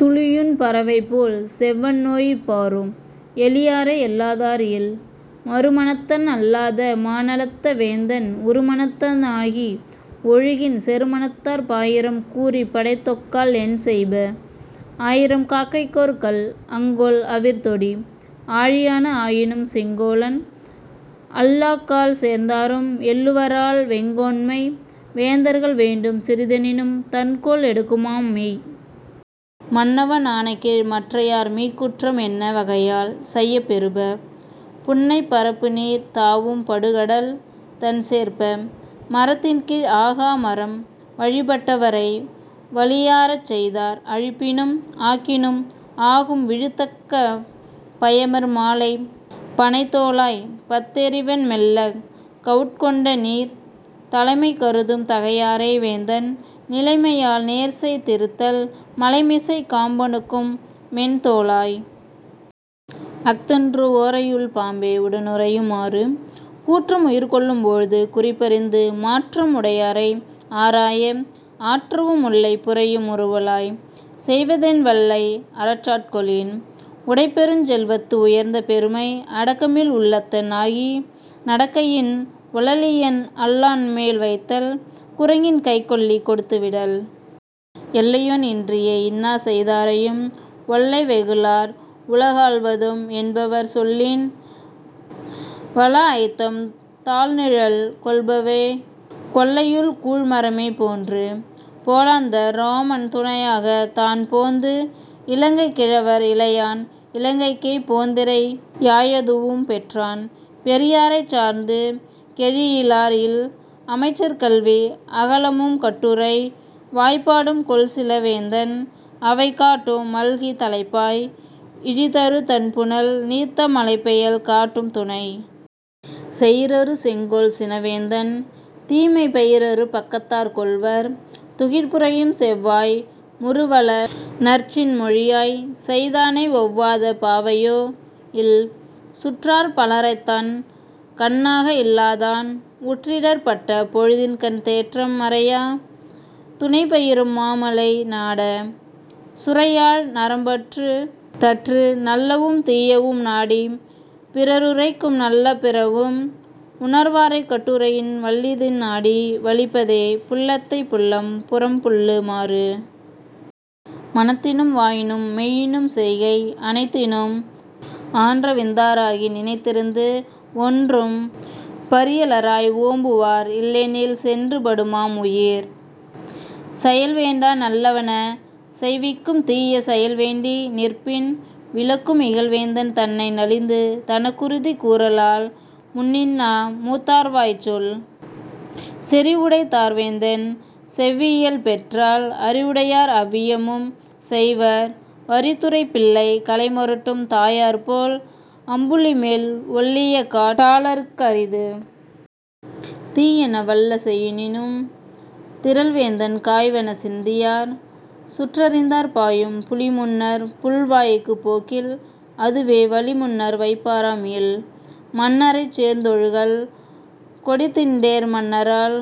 துளியுண் பறவைபோல் செவ்வன்நோயிற் பாரும் 'எளியாரை எள்ளாதார் இல்'. மறுமனத்தன் அல்லாத மாநலத்த வேந்தன் உறுமனத்த னாகி ஒழுகின் செறுமனத்தார் பாயிரம் கூறிப் படைதொக்கால் என்செய்ப? 'ஆயிரம் காக்கைக்கோர் கல்'. அங்கோல் அவிர்தொடி! ஆழியான ஆயினும் செங்கோலன் அல்லாக்கால் சேர்ந்தாரும் எள்ளுவரால் வெங்கோன்மை வேந்தர்கள் வேண்டும் சிறிதெனினும் 'தண்கோல் எடுக்குமாம் மெய்'. மன்னவன் ஆணைக்கீழ் மற்றையார் மீக்கூற்றம் என்ன வகையால் செயப் பெறுப? புன்னைப் பரப்புநீர் தாவும் படுகடல் தண்சேர்ப்ப! 'மரத்தின்கீழ் ஆகா மரம்'. வழிபட் டவரை வலியாரச் செய்தார் அழிப்பினும் ஆக்கினும் ஆகும் விழுத்தக்க பையமர் மாலைப் பணைத்தோளாய்! பாத்தறிவென் மெல்லக் 'கவுட்கொண்ட நீர்'. தலைமை கருதும் தகையாரை வேந்தன் நிலைமையால் நேர்செய் திருத்தல் மலைமிசைக் காம்பனுக்கும் மென்தோளாய்! அஃதன்றோ 'ஓரறையுள் பாம்பே உடனுறையும் ஆறு'. கூற்றம் உயிர்கொள்ளும் போழ்து குறிப்பறிந்து மாற்றம் உடையாரை ஆராயா ஆற்றவும் முல்லை புரையும் முறுவலாய்! 'செய்வதென் வல்லை அரசாட் கொளின்? ' உடைப்பெருஞ் செல்வத்து உயர்ந்த பெருமை அடக்கமில் உள்ளத்தன் ஆகி நடக்கையின் ஒளளியன் அல்லான்மேல் வைத்தல் 'குரங்கின்கைக் கொள்ளி கொடுத்து விடல்'. எல்லையொன் இன்றியே இன்னாசெய் தாரையும் ஒல்லை வெகுளார் உலகாள்வதும் என்பவர் சொல்லின் வளாஅய்த்தம் தாள்நிழல் கொள்பவே 'கொல்லையுள் கூழ்மரமே போன்று'. போலந்தார் இராமன் துணையாகத் தான்போந்து இலங்கைக் கிழவற் இளையான் இலங்கைக்கே போந்திறை யாயதூஉம் பெற்றான் 'பெரியாரைச் சார்ந்து கெழீஇயிலார் இல்'.. அமைச்சர் கல்வி அகலமும் கட்டுரை வாய்பாடும் கொல்சின வேந்தன் அவைகாட்டும் மல்கித் தலைப்பாய் இழிதரு தண்புனல் 'நீத்தம் மலைப்பெயல் காட்டும் துணை'. செயிரறு செங்கோல் சினவேந்தன் தீமை பயிரறு பக்கத்தார் கொள்வர் துகிர்புரையும் செவ்வாய் முறுவலநற் சின்மொழியாய்! 'செய்தானை ஒவ்வாத பாவையோ இல்'. சுற்றார் பலரைத்தன் கண்ணாக இல்லாதான் உற்றிடர்ப் பட்ட பொழுதின்கண் தேற்றம் மரையா துணைபயிரும் மாமலை நாட! 'சுரையாழ் நரம்பற்றுத் தற்று'. நல்லவும் தீயவும் நாடிப் பிறருரைக்கும் நல்ல பிறவும் உணர்வாரைக் கட்டுரையின் வல்லிதின் நாடி வலிப்பதே 'புல்லத்தைப் புல்லம் புறம்புல்லு மாறு'. மனத்தினும் வாயினும் மெய்யினும் செய்கை அனைத்தினும் ஆன்றவிந்தா ராகி நினைத்திருந்து ஒன்றும் பரியலராய் 'ஓம்புவார் இல்லெனில் சென்று படுமாம் உயிர்'. செயல்வேண்டா நல்லவன செய்விக்கும் தீய செயல்வேண்டி நிற்பின் விலக்கும் இகல்வேந்தன் தன்னை நலிந்து தனக்குறுதி கூறலால் 'முன்னின்னா மூத்தார்வாய்ச் சொல்'. செறிவுடைத் தார்வேந்தன் செவ்வியல் பெற்றால் அறிவுடையார் அவ்வியமும் செய்வர் வறிதுரை பிள்ளை களைமருட்டும் தாயர்போல் அம்புலிமேல் 'ஒள்ளியகாட் டாளர்க் அரிது'. தீயன வல்ல செயினும் திறல்வேந்தன் காய்வன சிந்தியார் சுற்றறிந்தார் பாயும் 'புலிமுன்னர் புல்வாய்க்குப் போக்கில் அதுவே வளிமுன்னர் வைப்பாரம் இல்'.. மன்னரைச் சேர்ந்தொழுகல் கொடித்திண்டேர் மன்னரால்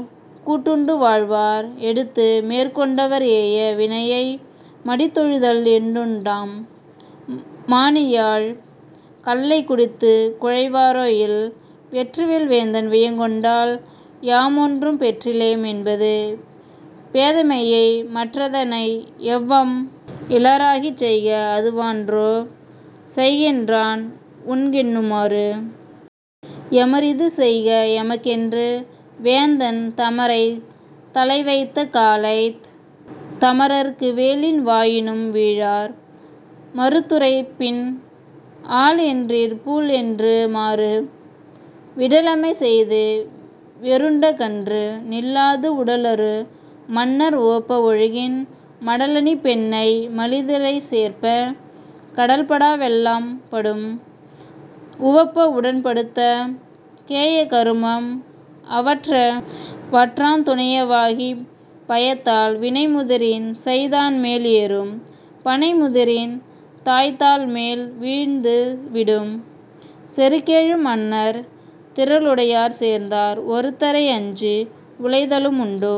கூட்டுண்டு வாழ்வார் எடுத்துமேற் கொண்டவர் ஏய வினையை மடித்தொழிதல் என்னுண்டாம்? மாணிழாய்! 'கள்ளைக் குடித்துக் குழைவாரோ இல்'. வெற்றிவேல் வேந்தன் வியங்கொண்டால் யாமொன்றும் பெற்றிலேம் என்பது பேதைமையே மற்றதனை எவ்வம் இலராகிச் செய்க அதுவன்றோ 'செய்கென்றான் உண்கென்னு மாறு'. எமரிது செய்க எமக்கென்று வேந்தன் தமரைத் தலைவைத்த காலைத் தமரற்கு வேலின்வா யாயினும் வீழார் மறுத்துரைப்பின் 'ஆல்என்னிற் பூல்என்னு மாறு'. விடலமை செய்து வெருண்டகன்று நில்லாது உடலரு மன்னர் உவப்ப ஒழுகின் மடலணி பெண்ணை மலிதிரை சேர்ப்ப! 'கடல்படா வெல்லாம் படும்'. உவப்ப உடன்படுத்தற் கேய கருமம் அவற்றவற் றாந்துணைய வாகிப் பயத்தால் வினைமுதிரின் செய்தான்மேல் ஏறும் பனைமுதிரின் தாய்தாள்மேல் வீழ்ந்து விடும்'. செருக்கெழு மன்னர் திறலுடையார் சேர்ந்தார் ஒருத்தரை அஞ்சி உலைதலும் உண்டோ?